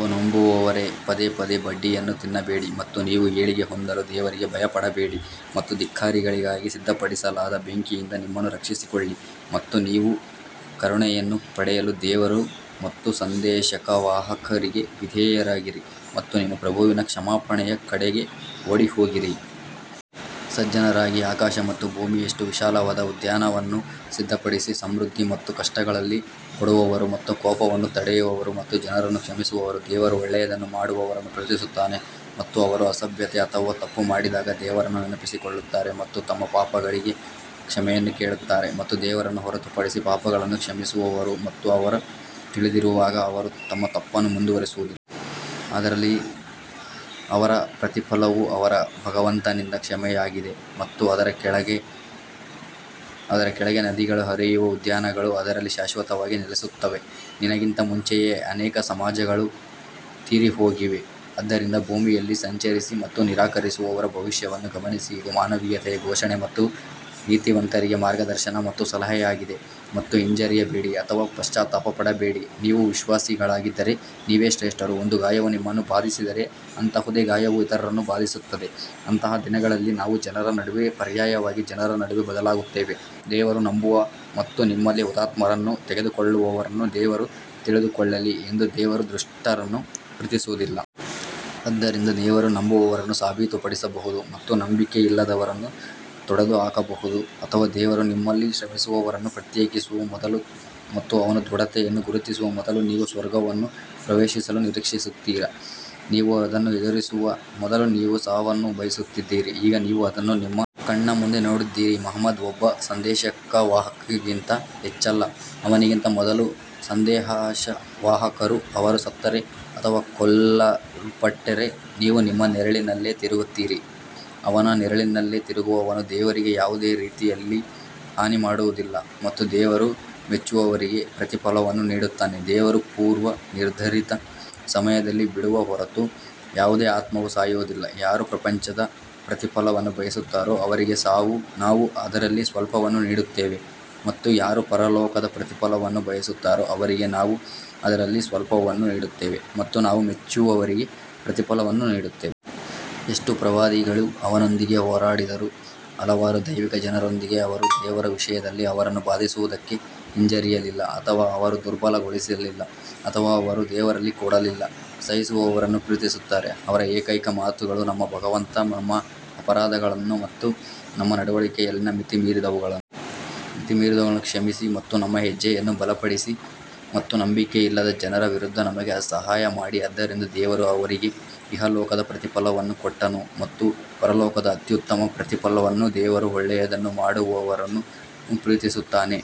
ಓ ನಂಬುವವರೇ, ಪದೇ ಪದೇ ಬಡ್ಡಿಯನ್ನು ತಿನ್ನಬೇಡಿ ಮತ್ತು ನೀವು ಏಳಿಗೆ ಹೊಂದಲು ದೇವರಿಗೆ ಭಯಪಡಬೇಡಿ ಮತ್ತು ಧಿಕ್ಕಾರಿಗಳಿಗಾಗಿ ಸಿದ್ಧಪಡಿಸಲಾದ ಬೆಂಕಿಯಿಂದ ನಿಮ್ಮನ್ನು ರಕ್ಷಿಸಿಕೊಳ್ಳಿ ಮತ್ತು ನೀವು ಕರುಣೆಯನ್ನು ಪಡೆಯಲು ದೇವರು ಮತ್ತು ಸಂದೇಶವಾಹಕರಿಗೆ ವಿಧೇಯರಾಗಿರಿ ಮತ್ತು ನಿಮ್ಮ ಪ್ರಭುವಿನ ಕ್ಷಮಾಪಣೆಯ ಕಡೆಗೆ ಓಡಿಹೋಗಿರಿ ಮತ್ತು ಸಜ್ಜನರಿಗಾಗಿ ಆಕಾಶ ಮತ್ತು ಭೂಮಿಯಷ್ಟು ವಿಶಾಲವಾದ ಉದ್ಯಾನವನ್ನು ಸಿದ್ಧಪಡಿಸಿ ಸಮೃದ್ಧಿ ಮತ್ತು ಕಷ್ಟಗಳಲ್ಲಿ ಕೊಡುವವರು ಮತ್ತು ಕೋಪವನ್ನು ತಡೆಯುವವರು ಮತ್ತು ಜನರನ್ನು ಕ್ಷಮಿಸುವವರು ದೇವರು ಒಳ್ಳೆಯದನ್ನು ಮಾಡುವವರನ್ನು ಪ್ರೀತಿಸುತ್ತಾನೆ ಮತ್ತು ಅವರು ಅಸಭ್ಯತೆ ಅಥವಾ ತಪ್ಪು ಮಾಡಿದಾಗ ದೇವರನ್ನು ನೆನಪಿಸಿಕೊಳ್ಳುತ್ತಾರೆ ಮತ್ತು ತಮ್ಮ ಪಾಪಗಳಿಗೆ ಕ್ಷಮೆಯನ್ನು ಕೇಳುತ್ತಾರೆ ಮತ್ತು ದೇವರನ್ನು ಹೊರತುಪಡಿಸಿ ಪಾಪಗಳನ್ನು ಕ್ಷಮಿಸುವವರು ಮತ್ತು ಅವರು ತಿಳಿದಿರುವಾಗ ಅವರು ತಮ್ಮ ತಪ್ಪನ್ನು ಮುಂದುವರಿಸುವುದಿಲ್ಲ. ಅವರ ಪ್ರತಿಫಲವು ಅವರ ಭಗವಂತನಿಂದ ಕ್ಷಮೆಯಾಗಿದೆ ಮತ್ತು ಅದರ ಕೆಳಗೆ ನದಿಗಳು ಹರಿಯುವ ಉದ್ಯಾನಗಳು ಅದರಲ್ಲಿ ಶಾಶ್ವತವಾಗಿ ನೆಲೆಸುತ್ತವೆ. ನಿನಗಿಂತ ಮುಂಚೆಯೇ ಅನೇಕ ಸಮಾಜಗಳು ತೀರಿಹೋಗಿವೆ ಆದ್ದರಿಂದ ಭೂಮಿಯಲ್ಲಿ ಸಂಚರಿಸಿ ಮತ್ತು ನಿರಾಕರಿಸುವವರ ಭವಿಷ್ಯವನ್ನು ಗಮನಿಸಿ ಇದು ಮಾನವೀಯತೆಯ ಘೋಷಣೆ ಮತ್ತು ನೀತಿವಂತರಿಗೆ ಮಾರ್ಗದರ್ಶನ ಮತ್ತು ಸಲಹೆಯಾಗಿದೆ ಮತ್ತು ಹಿಂಜರಿಯಬೇಡಿ ಅಥವಾ ಪಶ್ಚಾತ್ತಾಪ ಪಡಬೇಡಿ ನೀವು ವಿಶ್ವಾಸಿಗಳಾಗಿದ್ದರೆ ನೀವೇ ಶ್ರೇಷ್ಠರು ಒಂದು ಗಾಯವು ನಿಮ್ಮನ್ನು ಬಾಧಿಸಿದರೆ ಅಂತಹುದೇ ಗಾಯವು ಇತರರನ್ನು ಬಾಧಿಸುತ್ತದೆ ಅಂತಹ ದಿನಗಳಲ್ಲಿ ನಾವು ಜನರ ನಡುವೆ ಪರ್ಯಾಯವಾಗಿ ಜನರ ನಡುವೆ ಬದಲಾಗುತ್ತೇವೆ, ದೇವರು ನಂಬುವ ಮತ್ತು ನಿಮ್ಮಲ್ಲಿ ಹುತಾತ್ಮರನ್ನು ತೆಗೆದುಕೊಳ್ಳುವವರನ್ನು ದೇವರು ತಿಳಿದುಕೊಳ್ಳಲಿ ಎಂದು ದೇವರು ದುಷ್ಟರನ್ನು ಪ್ರೀತಿಸುವುದಿಲ್ಲ. ಆದ್ದರಿಂದ ದೇವರು ನಂಬುವವರನ್ನು ಸಾಬೀತುಪಡಿಸಬಹುದು ಮತ್ತು ನಂಬಿಕೆಯಿಲ್ಲದವರನ್ನು ತೊಡೆದುಹಾಕಬಹುದು ಅಥವಾ ದೇವರು ನಿಮ್ಮಲ್ಲಿ ಶ್ರಮಿಸುವವರನ್ನು ಪ್ರತ್ಯೇಕಿಸುವ ಮೊದಲು ಮತ್ತು ಅವನು ದೃಢತೆಯನ್ನು ಗುರುತಿಸುವ ಮೊದಲು ನೀವು ಸ್ವರ್ಗವನ್ನು ಪ್ರವೇಶಿಸಲು ನಿರೀಕ್ಷಿಸುತ್ತೀರಾ? ನೀವು ಅದನ್ನು ಎದುರಿಸುವ ಮೊದಲು ನೀವು ಸಾವನ್ನು ಬಯಸುತ್ತಿದ್ದಿರಿ ಈಗ ನೀವು ಅದನ್ನು ನಿಮ್ಮ ಕಣ್ಣ ಮುಂದೆ ನೋಡಿದ್ದೀರಿ ಮುಹಮ್ಮದ್ ಒಬ್ಬ ಸಂದೇಶವಾಹಕನಿಗಿಂತ ಹೆಚ್ಚಲ್ಲ ಅವನಿಗಿಂತ ಮೊದಲು ಸಂದೇಶವಾಹಕರು ಅವರು ಸತ್ತರೆ ಅಥವಾ ಕೊಲ್ಲಲ್ಪಟ್ಟರೆ ನೀವು ನಿಮ್ಮ ನೆರಳಿನಲ್ಲೇ ತಿರುಗುತ್ತೀರಾ ಅವನ ನೆರಳಿನಲ್ಲೇ ತಿರುಗುವವನು ದೇವರಿಗೆ ಯಾವುದೇ ರೀತಿಯಲ್ಲಿ ಹಾನಿ ಮಾಡುವುದಿಲ್ಲ ಮತ್ತು ದೇವರು ಮೆಚ್ಚುವವರಿಗೆ ಪ್ರತಿಫಲವನ್ನು ನೀಡುತ್ತಾನೆ ದೇವರು ಪೂರ್ವನಿರ್ಧರಿತ ಸಮಯದಲ್ಲಿ ಬಿಡುವ ಹೊರತು ಯಾವುದೇ ಆತ್ಮವು ಸಾಯುವುದಿಲ್ಲ, ಯಾರು ಪ್ರಪಂಚದ ಪ್ರತಿಫಲವನ್ನು ಬಯಸುತ್ತಾರೋ ಅವರಿಗೆ ನಾವು ಅದರಲ್ಲಿ ಸ್ವಲ್ಪವನ್ನು ನೀಡುತ್ತೇವೆ ಮತ್ತು ಯಾರು ಪರಲೋಕದ ಪ್ರತಿಫಲವನ್ನು ಬಯಸುತ್ತಾರೋ ಅವರಿಗೆ ನಾವು ಅದರಲ್ಲಿ ಸ್ವಲ್ಪವನ್ನು ನೀಡುತ್ತೇವೆ ಮತ್ತು ನಾವು ಮೆಚ್ಚುವವರಿಗೆ ಪ್ರತಿಫಲವನ್ನು ನೀಡುತ್ತೇವೆ. ಎಷ್ಟು ಪ್ರವಾದಿಗಳು ಅವನೊಂದಿಗೆ ಹೋರಾಡಿದರು ಹಲವಾರು ದೈವಿಕ ಜನರೊಂದಿಗೆ ಅವರು ದೇವರ ವಿಷಯದಲ್ಲಿ ಅವರನ್ನು ಬಾಧಿಸುವುದಕ್ಕೆ ಹಿಂಜರಿಯಲಿಲ್ಲ ಅಥವಾ ಅವರು ದುರ್ಬಲಗೊಳಿಸಲಿಲ್ಲ ಅಥವಾ ಅವರು ದೇವರಲ್ಲಿ ಕೊಡಲಿಲ್ಲ ಸಹಿಸುವವರನ್ನು ಪ್ರೀತಿಸುತ್ತಾರೆ ಅವರ ಏಕೈಕ ಮಾತುಗಳು ನಮ್ಮ ಭಗವಂತ ನಮ್ಮ ಅಪರಾಧಗಳನ್ನು ಮತ್ತು ನಮ್ಮ ನಡವಳಿಕೆಯಲ್ಲಿನ ಮಿತಿಮೀರಿದವುಗಳನ್ನು ಕ್ಷಮಿಸಿ ಮತ್ತು ನಮ್ಮ ಹೆಜ್ಜೆಯನ್ನು ಬಲಪಡಿಸಿ ಮತ್ತು ನಂಬಿಕೆಯಿಲ್ಲದ ಜನರ ವಿರುದ್ಧ ನಮಗೆ ಸಹಾಯ ಮಾಡಿ ಆದ್ದರಿಂದ ದೇವರು ಅವರಿಗೆ ಇಹಲೋಕದ ಪ್ರತಿಫಲವನ್ನು ಕೊಟ್ಟನು ಮತ್ತು ಪರಲೋಕದ ಅತ್ಯುತ್ತಮ ಪ್ರತಿಫಲವನ್ನು ದೇವರು ಒಳ್ಳೆಯದನ್ನು ಮಾಡುವವರನ್ನು ಪ್ರೀತಿಸುತ್ತಾನೆ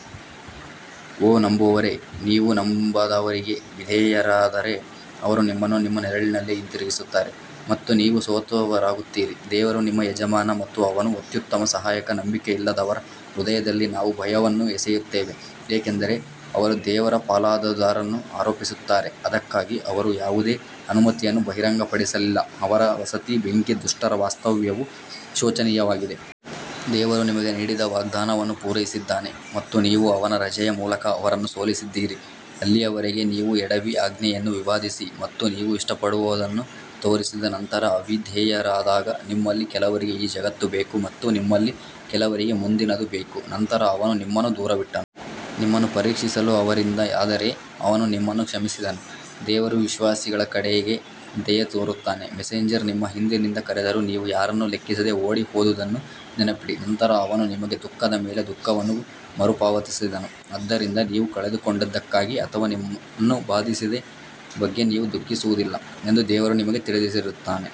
ಓ ನಂಬುವವರೇ, ನೀವು ನಂಬದವರಿಗೆ ವಿಧೇಯರಾದರೆ ಅವರು ನಿಮ್ಮನ್ನು ನಿಮ್ಮ ನೆರಳಿನಲ್ಲೇ ಹಿಂತಿರುಗಿಸುತ್ತಾರೆ ಮತ್ತು ನೀವು ಸೋತವರಾಗುತ್ತೀರಿ ದೇವರು ನಿಮ್ಮ ಯಜಮಾನ ಮತ್ತು ಅವನು ಅತ್ಯುತ್ತಮ ಸಹಾಯಕ ನಂಬಿಕೆಯಿಲ್ಲದವರ ಹೃದಯದಲ್ಲಿ ನಾವು ಭಯವನ್ನು ಎಸೆಯುತ್ತೇವೆ ಏಕೆಂದರೆ ಅವರು ದೇವರ ಪಾಲುದಾರರನ್ನು ಆರೋಪಿಸುತ್ತಾರೆ, ಅದಕ್ಕಾಗಿ ಅವರು ಯಾವುದೇ ಅನುಮತಿಯನ್ನು ಬಹಿರಂಗಪಡಿಸಲಿಲ್ಲ ಅವರ ವಸತಿ ಬೆಂಕಿ ದುಷ್ಟರ ವಾಸ್ತವ್ಯವು ಶೋಚನೀಯವಾಗಿದೆ. ದೇವರು ನಿಮಗೆ ನೀಡಿದ ವಾಗ್ದಾನವನ್ನು ಪೂರೈಸಿದ್ದಾನೆ ಮತ್ತು ನೀವು ಅವನ ರಜೆಯ ಮೂಲಕ ಅವರನ್ನು ಸೋಲಿಸಿದ್ದೀರಿ, ಅಲ್ಲಿಯವರೆಗೆ ನೀವು ಎಡವಿ, ಆಜ್ಞೆಯನ್ನು ವಿವಾದಿಸಿ ಮತ್ತು ನೀವು ಇಷ್ಟಪಡುವದನ್ನು ತೋರಿಸಿದ ನಂತರ ಅವಿಧೇಯರಾದಾಗ ನಿಮ್ಮಲ್ಲಿ ಕೆಲವರಿಗೆ ಈ ಜಗತ್ತು ಬೇಕು ಮತ್ತು ನಿಮ್ಮಲ್ಲಿ ಕೆಲವರಿಗೆ ಮುಂದಿನದು ಬೇಕು ನಂತರ ಅವನು ನಿಮ್ಮನ್ನು ದೂರವಿಟ್ಟನು. ನಿಮ್ಮನ್ನು ಪರೀಕ್ಷಿಸಲು ಅವರಿಂದ ಆದರೆ ಅವನು ನಿಮ್ಮನ್ನು ಕ್ಷಮಿಸಿದನು, ದೇವರು ವಿಶ್ವಾಸಿಗಳ ಕಡೆಗೆ ದಯೆ ತೋರುತ್ತಾನೆ ಮೆಸೆಂಜರ್ ನಿಮ್ಮ ಹಿಂದಿನಿಂದ ಕರೆದರೂ ನೀವು ಯಾರನ್ನೂ ಲೆಕ್ಕಿಸದೆ ಓಡಿಹೋದುದನ್ನು ನೆನಪಿಡಿ, ನಂತರ ಅವನು ನಿಮಗೆ ದುಃಖದ ಮೇಲೆ ದುಃಖವನ್ನು ಮರುಪಾವತಿಸಿದನು, ಆದ್ದರಿಂದ ನೀವು ಕಳೆದುಕೊಂಡದ್ದಕ್ಕಾಗಿ ಅಥವಾ ನಿಮ್ಮನ್ನು ಬಾಧಿಸಿದ ಬಗ್ಗೆ ನೀವು ದುಃಖಿಸುವುದಿಲ್ಲ ಎಂದು ದೇವರು ನಿಮಗೆ ತಿಳಿದಿರುತ್ತಾನೆ.